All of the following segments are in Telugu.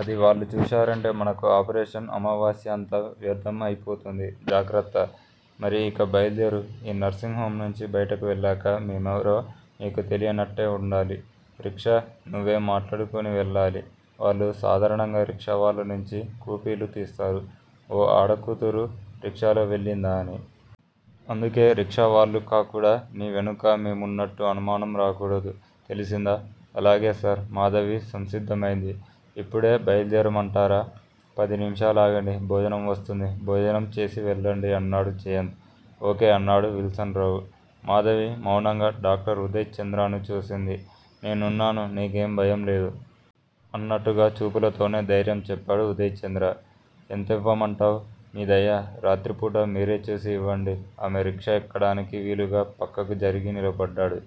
అది వాళ్ళు చూశారంటే మనకు ఆపరేషన్ అమావాస్య అంతా వ్యర్థం అయిపోతుంది. జాగ్రత్త! మరి ఇక బయలుదేరు. ఈ నర్సింగ్ హొమ్ నుంచి బయటకు వెళ్ళాక మేమెవరమో నీకు తెలియనట్టే వుండాలి. రిక్షా నువ్వే మాట్లాడుకొని వెళ్ళాలి. వాళ్ళు సాధారణంగా రిక్షావాళ్ళనుంచి కూపీలు తీస్తారు. 'ఓ ఆడకూతురు రిక్షాలోవెళ్ళిందా' అని. అందుకే రిక్షావాళ్ళకుకూడా నీ వెనుక మేమున్నట్టు అనుమానం రాకూడదు తెలిసిందా? అలాగే సార్! మాధవి సంసిద్ధమైంది. ఇప్పుడే బయలుదేరమంటారా? పదినిముషాలాగండి. భోజనంవస్తుంది. భోజనం చేసివెళ్ళండి అన్నాడు జయంత్. ఓ. కే. అన్నాడు విల్సన్ రావు. మాధవి మౌనంగా డాక్టర్ ఉదయ్ చంద్రను చూసింది. 'నేనున్నాను. నీకేం భయంలేదు. ' అన్నట్టుగా చూపులతోనే ధైర్యం చెప్పాడు ఉదయ్ చంద్ర. ఎంతివ్వమంటావ్? మీదయ. రాత్రిపూట మీరేచూసి ఇవ్వండి. ఆమె రిక్షా ఎక్కడానికి వీలుగా పక్కకు జరిగి నిలబడ్డాడు.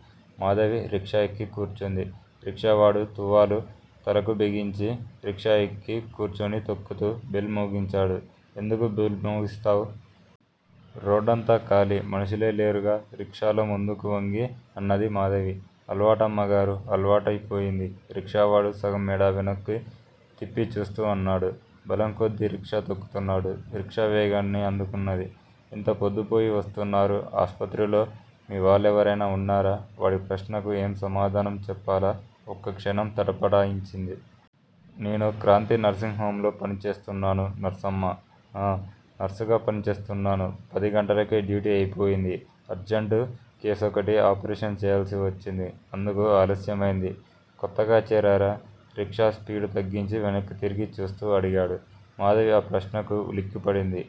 మాధవి రిక్షా ఎక్కి కూర్చుంది. రిక్షావాడు తువ్వాలు తలకు బిగించి, రిక్షాఎక్కి కూర్చునితొక్కుతూ బెల్ మోగించాడు. ఎందుకు బెల్ మోగిస్తావ్? రోడ్డంతా ఖాళీ. మనుషులే లేరుగా? రిస్ఖాలో ముందుకు వంగి అన్నది మాధవి. అలవాటమ్మగారూ! అలవాటయిపోయింది. రిక్షావాడు సగం మెడ వెనక్కు తిప్పిచూస్తూ అన్నాడు. బలంకొద్దీ రిక్షా తొక్కుతున్నాడు. రిక్షా వేగాన్ని అందుకున్నది. ఇంత పొద్దుపోయి వస్తున్నారు. ఆస్పత్రిలో మీవాళ్ళెవరైనా ఉన్నారా? వాడి ప్రశ్నకు ఏం సమాధానం చెప్పాలా ఒక్కక్షణం తటపటా యించింది. నేను క్రాంతి నర్సింగ్ హొమ్ లో పనిచేస్తున్నాను. నర్సమ్మా? ఆఁ ఆఁ! నర్సుగా పనిచేస్తున్నాను. పదిగంటలకే డ్యూటీ అయిపోయింది. అర్జంటు కేసోకటి ఆపరేషన్ చెయ్యాల్సివచ్చింది. అందుకు ఆలస్యమైంది. కొత్తగా చేరారా? రిక్షా స్పీడుతగ్గించి వెనక్కు తిరిగి చూస్తూ అడిగాడు. మాధవి ఆ ప్రశ్నకు ఉలిక్కిపడింది.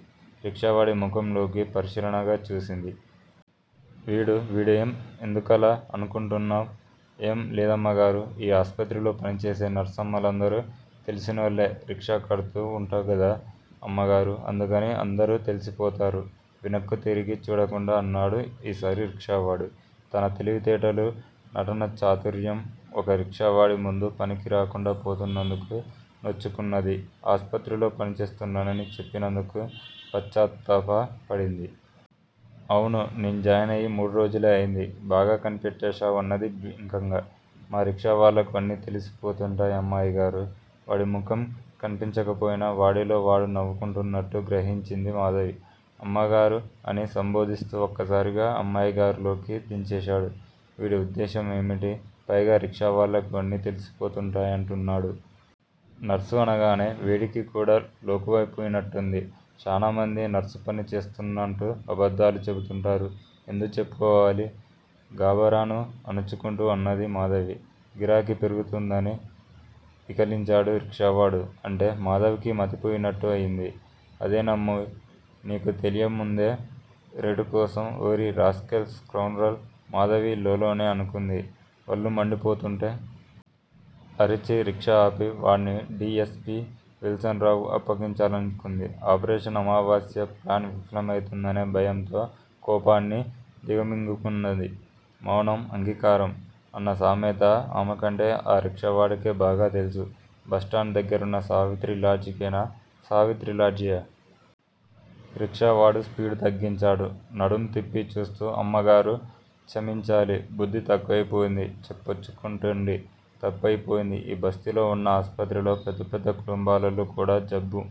రిక్షావాడి ముఖంలోకి పరిశీలనగా చూసింది. వీడు వీడు ఏం ఎందుకలా అనుకుంటున్నావ్? ఆఁ ఏం లేదమ్మగారూ! ఈ ఆస్పత్రిలో పనిచేసే నర్సమ్మ లందరూ తెలిసినోళ్ళే రిక్షాకడ్తూ వుంటాంగదా అమ్మగారూ! అందుకని అందరూ తెలిసిపోతారు. వెనక్కు తిరిగి చూడకుండా అన్నాడు ఈ సారి రిక్షావాడు. తన తెలివితేటలు, నటనాచాతుర్యం, ఓక రిక్షావాడిముందు పనికి రాకుండా పోతున్నందుకు నొచ్చుకున్నది ఆసుపత్రిలో పనిచేస్తున్నానని చెప్పినందుకు పశ్చాత్తాప పడింది. అవును. నేను జాయిన్ అయి మూడురోజులే అయింది. బాగా కనిపెట్టాశావ్ అన్నది బింకంగా. మా రిక్షావాళ్ళకు అన్నీ తెలిసిపోతుంటాయ్. అమ్మాయిగారూ? వాడి ముఖం కన్పించకపోయినా, వాడిలోవాడు నవ్వుకుంటున్నట్టు గ్రహించింది మాధవి. అమ్మగారూ అని సంబోధిస్తూ ఒక్కసారిగా అమ్మాయిగారూలోకి దించేశాడు. వీడి ఉద్దేశ్యం ఏమిటి? పైగా రిక్షావాళ్ళకు అన్నీ తెలిసిపోతుంటాయంటున్నాడు? నర్సు అనగానే వేడికికూడా లోకువైపోయినట్టుంది. శానామంది నర్సుపని చేస్తున్నానంటూ అబద్దాలు చెపుతుంటారు ఎందుకూ చెప్పుకోవాలీ? గాభరాను అణుచుకుంటూ అన్నది మాధవి. గిరాకీ పెరుగుద్దనీ? ఇకిలించాడు రిక్షావాడు. అంటే? మాధవికి మతిపోయినట్టు అయింది. అదేనమ్మాయ్! నీకు తెలియందేముంది? రేటుకోసం. ఓరి! రాస్కెల్! స్కౌండ్రల్! మాధవి లోలోనే అనుకుంది వళ్ళుమండిపోతూంటే. అరిచి రిక్షా ఆపి, వాడ్ని డి. యస్. పి. విల్సన్ రావుకు అప్పగించాలనిపించింది. 'ఆపరేషన్ అమావాస్య ' ప్లాన్ విఫలమైపోతుందనే భయంతో కోపాన్ని దిగమింగుకున్నది. మౌనం అంగీకారం? అన్న సామెత ఆమెకంటే ఆ రిక్షావాడికే బాగాతెలుసు. బస్ స్టాండు దగ్గరున్న సావిత్రి లాడ్జికేనా? సావిత్రి లాడ్జీయా? రిక్షావాడు స్పీడు తగ్గించాడు. నడుంతిప్పి చూస్తూ అమ్మగారూ! చమించాలి బుద్ది తక్కువైపోయింది. చెప్పుచ్చుక్కొట్టండి తప్పయిపోయింది. ఈ బస్తీలో వున్న ఆస్పత్రిల్లో పెద్దపెద్ద కుంటుబాలోళ్ళు కూడా జబ్బు